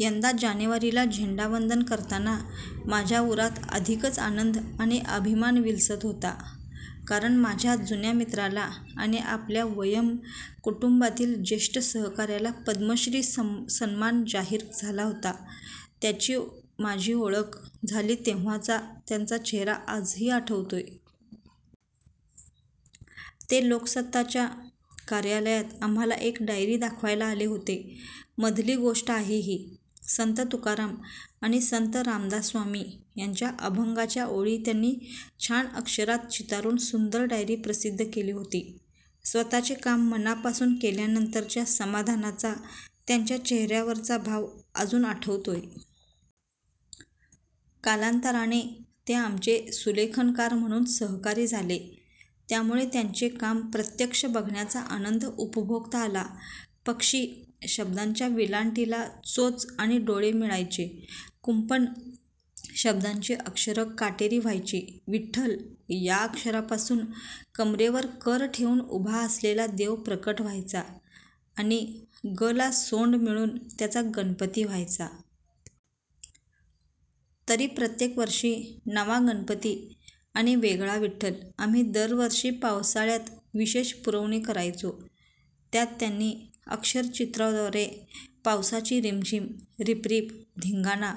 यंदा जानेवारीला झेंडावंदन करताना माझ्या उरात अधिकच आनंद आणि अभिमान विलसत होता. कारण माझ्या जुन्या मित्राला आणि आपल्या 'वयम्' कुटुंबातील ज्येष्ठ सहकाऱ्याला पद्मश्री सन्मान जाहीर झाला होता. त्यांची माझी ओळख झाली तेव्हाचा त्यांचा चेहरा आजही आठवतोय. ते 'लोकसत्ता'च्या कार्यालयात आम्हांला एक डायरी दाखवायला आले होते. मधली गोष्ट आहे ही. संत तुकाराम आणि संत रामदास स्वामी यांच्या अभंगांच्या ओळी त्यांनी छान अक्षरात चितारून सुंदर डायरी प्रसिद्ध केली होती. स्वत:चे काम मनापासून केल्यानंतरच्या समाधानाचा त्यांच्या चेहऱ्यावरचा भाव अजून आठवतोय. कालांतराने ते आमचे सुलेखनकार म्हणून सहकारी झाले. त्यामुळे त्यांचे काम प्रत्यक्ष बघण्याचा आनंद उपभोगता आला. 'पक्षी' शब्दाच्या वेलांटीला चोच आणि डोळे मिळायचे. 'कुंपण' शब्दाची अक्षरं काटेरी व्हायची. 'विठ्ठल' या अक्षरांतून कमरेवर कर ठेवून उभा आलेला देव प्रकट व्हायचा आणि 'ग'ला सोंड मिळून त्याचा गणपती व्हायचा. तरी प्रत्येक वर्षी नवा गणपती आणि वेगळा विठ्ठल! आम्ही दरवर्षी पावसाळ्यात विशेष पुरवणी करायचो. त्यात त्यांनी अक्षर-चित्रांद्वारे पावसाची रिमझिम, रिपरिप, धिंगाणा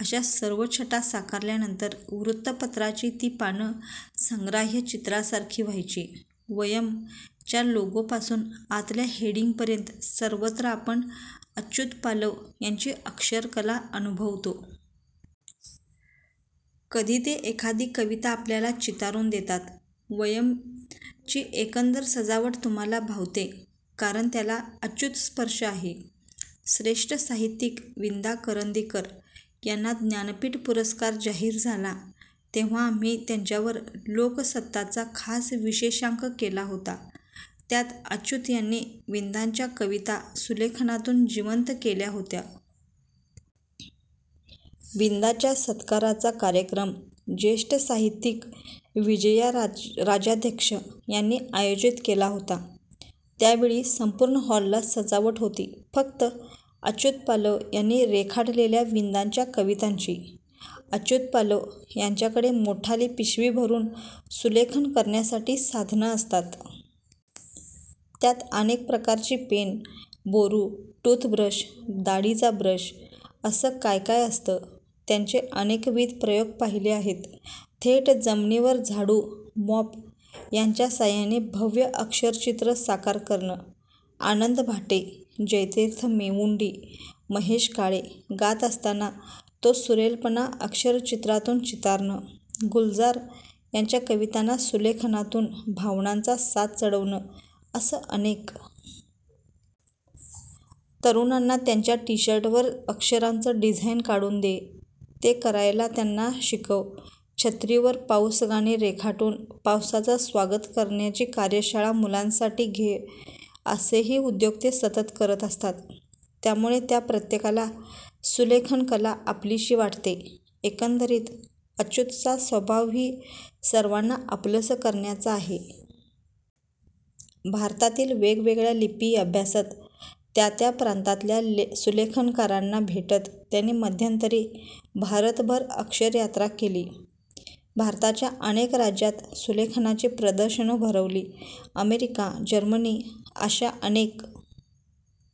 अशा सर्व छटा साकारल्यानंतर वृत्तपत्राची ती पानं संग्राह्य चित्रांसारखी व्हायची. 'वयम्'च्या लोगोपासून आतल्या हेडिंगपर्यंत सर्वत्र आपण अच्युत पालव यांची अक्षर-कला अनुभवतो. कधी ते एखादी कविता आपल्याला चितारून देतात. 'वयम्'ची एकंदर सजावट तुम्हांला भावते, कारण त्याला अच्युत-स्पर्श आहे! श्रेष्ठ साहित्यिक विंदा करंदीकर यांना ज्ञानपीठ पुरस्कार जाहीर झाला तेव्हा आम्ही त्यांच्यावर 'लोकसत्ता'चा खास विशेषांक केला होता, त्यात अच्युत यांनी विंदांच्या कविता सुलेखनातून जिवंत केल्या होत्या. विंदांच्या सत्काराचा कार्यक्रम ज्येष्ठ साहित्यिक विजया राजाध्यक्ष यांनी आयोजित केला होता. त्यावेळी संपूर्ण हॉलला सजावट होती फक्त अच्युत पालव यांनी रेखाटलेल्या विंदांच्या कवितांची! अच्युत पालव यांच्याकडे मोठाली पिशवी भरून सुलेखन करण्यासाठी साधनं असतात. त्यात अनेक प्रकारची पेनं, बोरू, टूथब्रश, दाढीचा ब्रश असं काय काय असतं! त्यांचे अनेकविध प्रयोग पाहिले आहेत. थेट जमिनीवर झाडू, मॉप यांच्या साह्याने भव्य अक्षरचित्र साकार करणं; आनंद भाटे, जयतीर्थ मेवुंडी, महेश काळे गात असताना तो सुरेलपणा अक्षरचित्रांतून चितारणं; गुलजार यांच्या कवितांना सुलेखनांतून भावनांचा साज चढवणं असे अनेक! तरुणांना त्यांच्या टीशर्टवर अक्षरांचं डिझाइन काढून दे, ते करायला त्यांना शिकव, छत्रीवर पाऊसगाणी रेखाटून पावसाचं स्वागत करण्याची कार्यशाळा मुलांसाठी घे- असेही उद्योग ते सतत करत असतात. त्यामुळे त्या प्रत्येकाला सुलेखन-कला आपलीशी वाटते. एकंदरीत अच्युतचा स्वभावही सर्वांना आपलंसं करण्याचा आहे. भारतातील वेगवेगळ्या लिपी अभ्यासत, त्या त्या प्रांतातल्या सुलेखनकारांना भेटत त्यांनी मध्यंतरी भारतभर अक्षर-यात्रा केली. भारताच्या अनेक राज्यांत सुलेखनाची प्रदर्शनं भरवली. अमेरिका, जर्मनी अशा अनेक